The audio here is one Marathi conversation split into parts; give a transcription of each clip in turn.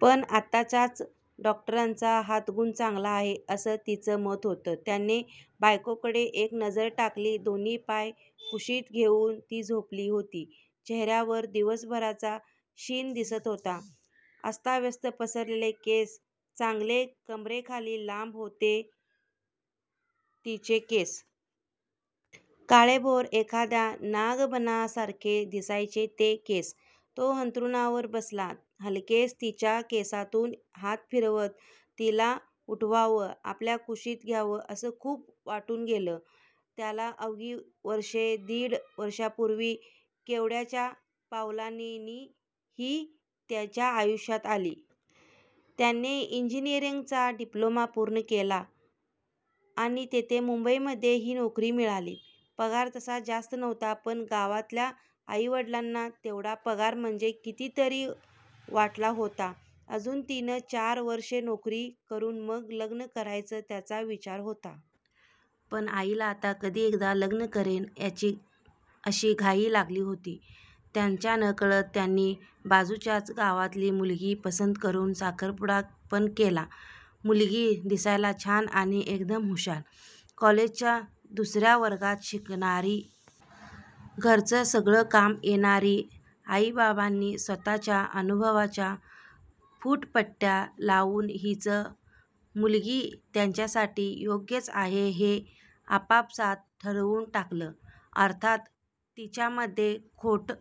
पण आताच्याच डॉक्टरचा हातगुण चांगला आहे असं तिचं मत होतं. त्याने बायकोकडे एक नजर टाकली. दोन्ही पाय कुशीत घेऊन ती झोपली होती. चेहऱ्यावर दिवसभराचा शीण दिसत होता. अस्ताव्यस्त पसरलेले केस. चांगले कमरेच्याखाली लांब होते तिचे केस. काळेभोर एखाद्या नागबनासारखे दिसायचे ते केस. तो अंथरुणावर बसला. हलकेच तिच्या केसांतून हात फिरवत. तिला उठवावं, आपल्या कुशीत घ्यावं असं खूप वाटून गेलं त्याला. अवघी वर्षं दीड वर्षापूर्वी केवड्याच्या पावलांनी ही त्याच्या आयुष्यात आली. त्याने इंजीनिअरिंगचा डिप्लोमा पूर्ण केला. आणि इथे मुंबईमध्ये ही नोकरी मिळाली. पगार तसा जास्त नव्हता पण गावातल्या आईवडलांना तेवढा पगार म्हणजे कितीतरी वाटला होता. अजून तीन चार वर्षे नोकरी करून मग लग्न करायचा त्याचा विचार होता. पण आईला आता कधी एकदा लग्न करेन याची अशी घाई लागली होती. त्याच्या नकळत त्यांनी बाजूच्याच गावातली मुलगी पसंत करून साखरपुडा पण केला. मुलगी दिसायला छान आणि एकदम हुशार. कॉलेजच्या दुसऱ्या वर्गात शिकणारी. घरचं सगळं काम येणारी. आईबाबांनी स्वतःच्या अनुभवाच्या फूटपट्ट्या लावून हीच मुलगी त्याच्यासाठी योग्यच आहे हे आपापसात ठरवून टाकलं. अर्थात तिच्यामध्ये खोट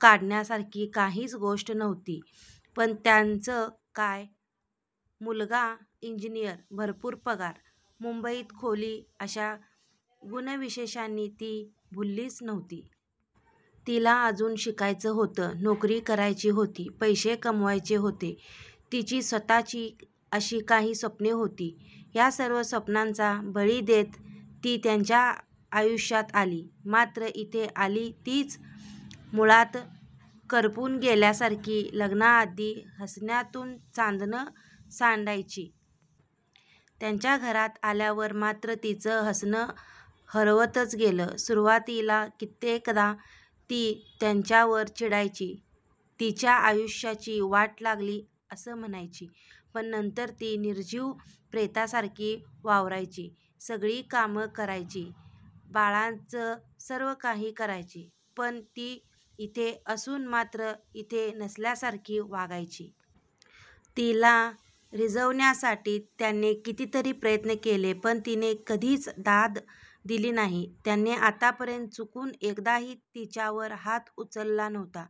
काढण्यासारखी काहीच गोष्ट नव्हती. पण त्याचं काय? मुलगा इंजीनिअर, भरपूर पगार, मुंबईत खोली अशा गुणविशेषांनी ती भुललीच नव्हती. तिला अजून शिकायचं होतं. नोकरी करायची होती, पैसे कमवायचे होते. तिची स्वतःची अशी काही स्वप्ने होती. या सर्व स्वप्नांचा बळी देत ती त्याच्या आयुष्यात आली. मात्र इथे आली तीच मुळात करपून गेल्यासारखी. लग्नाआधी हसण्यातून चांदणं सांडायची. त्याच्या घरात आल्यावर मात्र तिचं हसणं हरवतच गेलं. सुरुवातीला कित्येकदा ती त्याच्यावर चिडायची, तिच्या आयुष्याची वाट लागली असं म्हणायची. पण नंतर ती निर्जीव प्रेतासारखी वावरायची. सगळी कामं करायची, बाळाचं सर्व काही करायची पण ती इथे असून मात्र इथे नसल्यासारखी वागायची. तिला रिझवण्यासाठी त्याने कितीतरी प्रयत्न केले. पण तिने कधीच दाद दिली नाही. त्याने आतापर्यंत चुकून एकदाही तिच्यावर हात उचलला नव्हता,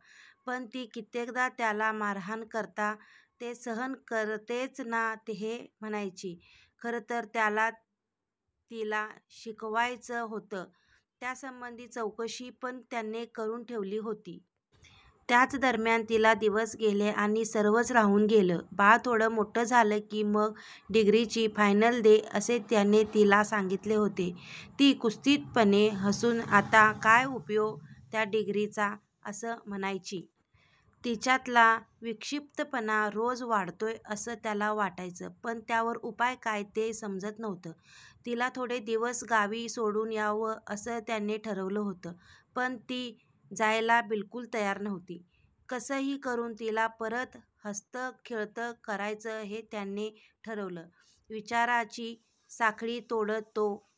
पण ती कित्येकदा त्याला मारहाण करता ते सहन करतेच ना हे म्हणायची. खरंतर त्याला तिला शिकवायचं होतं, त्यासंबंधी चौकशी पण त्याने करून ठेवली होती. त्याच दरम्यान तिला दिवस गेले आणि सर्वच राहून गेलं. बाळ थोडं मोठं झालं की मग डिग्रीची फायनल दे असे त्याने तिला सांगितले होते. ती कुत्सितपणे हसून आता काय उपयोग त्या डिग्रीचा? असं म्हणायची. तिच्यातला विक्षिप्तपणा रोज वाढतोय असं त्याला वाटायचं. पण त्यावर उपाय काय ते समजत नव्हतं. तिला थोडे दिवस गावी सोडून यावं असं त्याने ठरवलं होतं. पण ती जायला बिल्कुल तयार नव्हती. कसंही करून तिला परत हसतं खेळतं करायचं हे त्याने ठरवलं. विचाराची साखळी तोडत तो